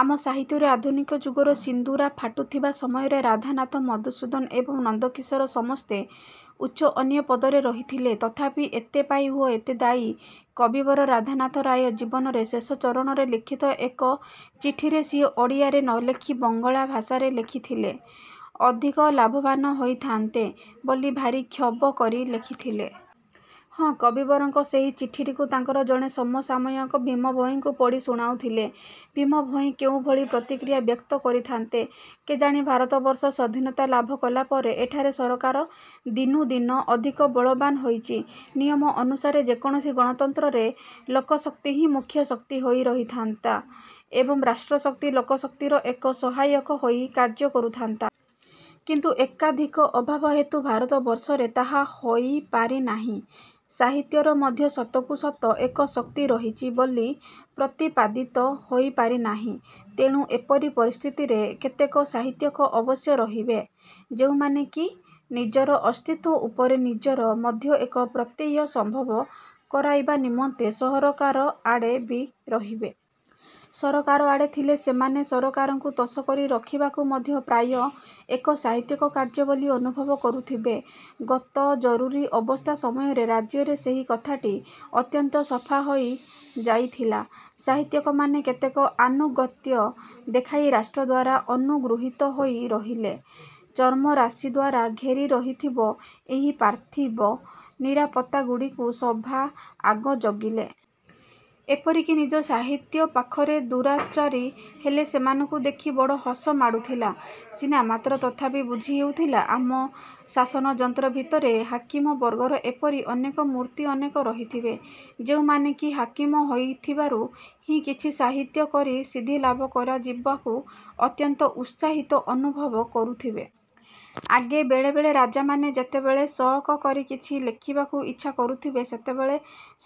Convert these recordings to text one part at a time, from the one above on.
ଆମ ସାହିତ୍ୟରେ ଆଧୁନିକ ଯୁଗର ସିନ୍ଦୂରା ଫାଟୁଥିବା ସମୟରେ ରାଧାନାଥ, ମଧୁସୂଦନ ଏବଂ ନନ୍ଦକିଶୋର ସମସ୍ତେ ଉଚ୍ଚ ଅନ୍ୟ ପଦରେ ରହିଥିଲେ। ତଥାପି, ଏତେ ପାଇ ଓ ଏତେ ଦାଇ କବିବର ରାଧାନାଥ ରାୟ ଜୀବନର ଶେଷ ଚରଣରେ ଲିଖିତ ଏକ ଚିଠିରେ ସିଏ ଓଡ଼ିଆରେ ନଲେଖି ବଙ୍ଗଳା ଭାଷାରେ ଲେଖିଥଲେ ଅଧିକ ଲାଭବାନ ହୋଇଥାଆନ୍ତେ ବୋଲି ଭାରି କ୍ଷୋଭ କରି ଲେଖିଥିଲେ। ହଁ, କବିବରଙ୍କ ସେହି ଚିଠିଟିକୁ ତାଙ୍କର ଜଣେ ସମସାମୟିକ ଭୀମଭୋଇଙ୍କୁ ପଢ଼ି ଶୁଣାଉଥିଲେ ଭୀମଭୋଇ କେଉଁଭଳି ପ୍ରତିକ୍ରିୟା ବ୍ୟକ୍ତ କରିଥାନ୍ତେ କେଜାଣି? ଭାରତବର୍ଷ ସ୍ଵାଧୀନତା ଲାଭ କଲାପରେ ଏଠାରେ ସରକାର ଦିନୁଦିନ ଅଧିକ ବଳବାନ୍ ହୋଇଛି। ନିୟମ ଅନୁସାରେ ଯେକୌଣସି ଗଣତନ୍ତ୍ରରେ ଲୋକଶକ୍ତି ହିଁ ମୁଖ୍ୟ ଶକ୍ତି ହୋଇ ରହିଥାନ୍ତା ଏବଂ ରାଷ୍ଟ୍ରଶକ୍ତି ଲୋକଶକ୍ତିର ଏକ ସହାୟକ ହୋଇ କାର୍ଯ୍ୟ କରୁଥାନ୍ତା। କିନ୍ତୁ ଏକାଧିକ ଅଭାବ ହେତୁ ଭାରତବର୍ଷରେ ତାହା ହୋଇପାରି ନାହିଁ। ସାହିତ୍ୟର ମଧ୍ୟ ସତକୁ ସତ ଏକ ଶକ୍ତି ରହିଛି ବୋଲି ପ୍ରତିପାଦିତ ହୋଇପାରି ନାହିଁ। ତେଣୁ, ଏପରି ପରିସ୍ଥିତିରେ କେତେକ ସାହିତ୍ୟିକ ଅବଶ୍ୟ ରହିବେ, ଯେଉଁମାନେ କି ନିଜର ଅସ୍ତିତ୍ୱ ଉପରେ ନିଜର ମଧ୍ୟ ଏକ ପ୍ରତ୍ୟୟ ସମ୍ଭବ କରାଇବା ନିମନ୍ତେ ସରକାର ଆଡ଼େ ବି ରହିବେ। ସରକାର ଆଡ଼େ ଥିଲେ ସେମାନେ ସରକାରଙ୍କୁ ତୋଷ କରି ରଖିବାକୁ ମଧ୍ୟ ପ୍ରାୟ ଏକ ସାହିତ୍ୟିକ କାର୍ଯ୍ୟ ବୋଲି ଅନୁଭବ କରୁଥିବେ। ଗତ ଜରୁରୀ ଅବସ୍ଥା ସମୟରେ ରାଜ୍ୟରେ ସେହି କଥାଟି ଅତ୍ୟନ୍ତ ସଫାହୋଇ ଯାଇଥିଲା। ସାହିତ୍ୟିକମାନେ କେତେ ଆନୁଗତ୍ୟ ଦେଖାଇ ରାଷ୍ଟ୍ର ଦ୍ଵାରା ଅନୁଗୃହୀତ ହୋଇ ରହିଲେ, ଚର୍ମରାଶି ଦ୍ୱାରା ଘେରି ରହିଥିବା ଏହି ପାର୍ଥିବ ନିରାପତ୍ତାଗୁଡ଼ିକୁ ସବା ଆଗ ଜଗିଲେ। ଏପରିକି ନିଜ ସାହିତ୍ୟ ପାଖରେ ଦୁରାଚାରୀ ହେଲେ। ସେମାନଙ୍କୁ ଦେଖି ବଡ଼ ହସ ମାଡୁଥିଲା ସିନା, ମାତ୍ର ତଥାପି ବୁଝି ହେଉଥିଲା। ଆମ ଶାସନଯନ୍ତ୍ର ଭିତରେ ହାକିମ ବର୍ଗର ଏପରି ଅନେକ ମୂର୍ତ୍ତି ଅନେକ ରହିଥିବେ, ଯେଉଁମାନେ କି ହାକିମ ହୋଇଥିବାରୁ ହିଁ କିଛି ସାହିତ୍ୟ କରି ସିଦ୍ଧିଲାଭ କରାଯିବାକୁ ଅତ୍ୟନ୍ତ ଉତ୍ସାହିତ ଅନୁଭବ କରୁଥିବେ। ଆଗେ ବେଳେବେଳେ ରାଜାମାନେ ଯେତେବେଳେ ସଅକ କରି କିଛି ଲେଖିବାକୁ ଇଚ୍ଛା କରୁଥିବେ, ସେତେବେଳେ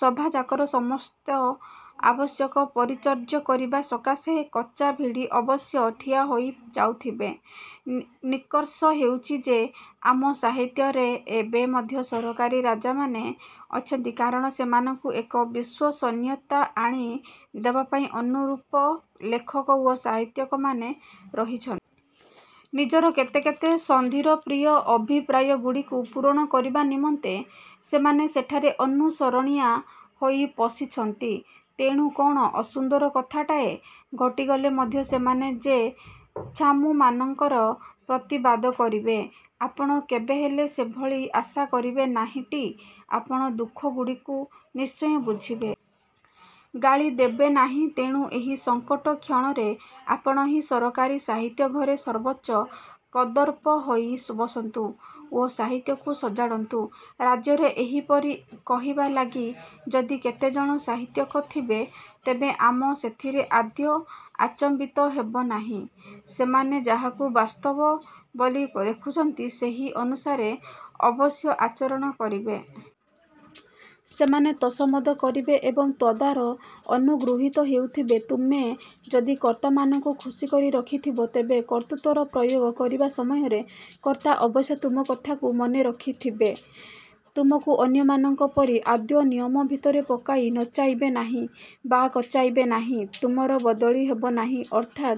ସଭାଯାକର ସମସ୍ତେ ଆବଶ୍ୟକ ପରିଚର୍ଯ୍ୟା କରିବା ସକାଶେ କଛା ଭିଡ଼ି ଅବଶ୍ୟ ଠିଆ ହୋଇ ଯାଉଥବେ। ନିଷ୍କର୍ଷ ହେଉଛି ଯେ, ଆମ ସାହିତ୍ୟରେ ଏବେ ମଧ୍ୟ ସରକାରୀ ରାଜାମାନେ ଅଛନ୍ତି, କାରଣ ସେମାନଙ୍କୁ ଏକ ବିଶ୍ୱସନୀୟତା ଆଣି ଦେବାପାଇଁ ଅନୁରୂପ ଲେଖକ ଓ ସାହିତ୍ୟିକମାନେ ରହିଛନ୍ତି-। ନିଜର କେତେ କେତେ ସନ୍ଧିର ପ୍ରିୟ ଅଭିପ୍ରାୟଗୁଡ଼ିକୁ ପୂରଣ କରିବା ନିମନ୍ତେ ସେମାନେ ସେଠାରେ ଅନୁସରଣିଆ ହୋଇ ପଶିଛନ୍ତି। ତେଣୁ, କ'ଣ ଅସୁନ୍ଦର କଥାଟାଏ ଘଟିଗଲେ ମଧ୍ୟ ସେମାନେ ଯେ ଛାମୁମାନଙ୍କର ପ୍ରତିବାଦ କରିବେ, ଆପଣ କେବେହେଲେ ସେଭଳି ଆଶା କରିବେ ନାହିଁଟି। ଆପଣ ଦୁଃଖଗୁଡ଼ିକୁ ନିଶ୍ଚୟ ବୁଝିବେ। ଗାଳି ଦେବେନାହିଁ। ତେଣୁ, ଏହି ସଂକଟକ୍ଷଣରେ ଆପଣ ହିଁ ସରକାରୀ ସାହିତ୍ୟ ଘରେ ସର୍ବୋଚ୍ଚ କଦର୍ପ ହୋଇ ବସନ୍ତୁ ଓ ସାହିତ୍ୟକୁ ସଜାଡ଼ନ୍ତୁ, ରାଜ୍ୟରେ ଏହିପରି କହିବା ଲାଗି ଯଦି କେତେଜଣ ସାହିତ୍ୟିକ ଥିବେ, ତେବେ ଆମ ସେଥିରେ ଆଦୌ ଆଚମ୍ବିତ ହେବନାହିଁ। ସେମାନେ ଯାହାକୁ ବାସ୍ତବ ବୋଲି ଦେଖୁଛନ୍ତି, ସେହି ଅନୁସାରେ ଅବଶ୍ୟ ଆଚରଣ କରିବେ। ସେମାନେ ତୋଷାମଦ କରିବେ ଏବଂ ତଦ୍ଦ୍ୱାରା ଅନୁଗୃହୀତ ହେଉଥିବେ। ତୁମେ ଯଦି କର୍ତ୍ତାମାନଙ୍କୁ ଖୁସି କରି ରଖିଥିବ, ତେବେ କର୍ତ୍ତୃତ୍ୱର ପ୍ରୟୋଗ କରିବା ସମୟରେ କର୍ତ୍ତା ଅବଶ୍ୟ ତୁମ କଥାକୁ ମନେରଖିଥିବେ, ତୁମକୁ ଅନ୍ୟମାନଙ୍କ ପରି ଆଦୌ ନିୟମ ଭିତରେ ପକାଇ ନଚାଇବେ ନାହିଁ ବା କଚାଇବେ ନାହିଁ। ତୁମର ବଦଳି ହେବନାହିଁ,- ଅର୍ଥାତ୍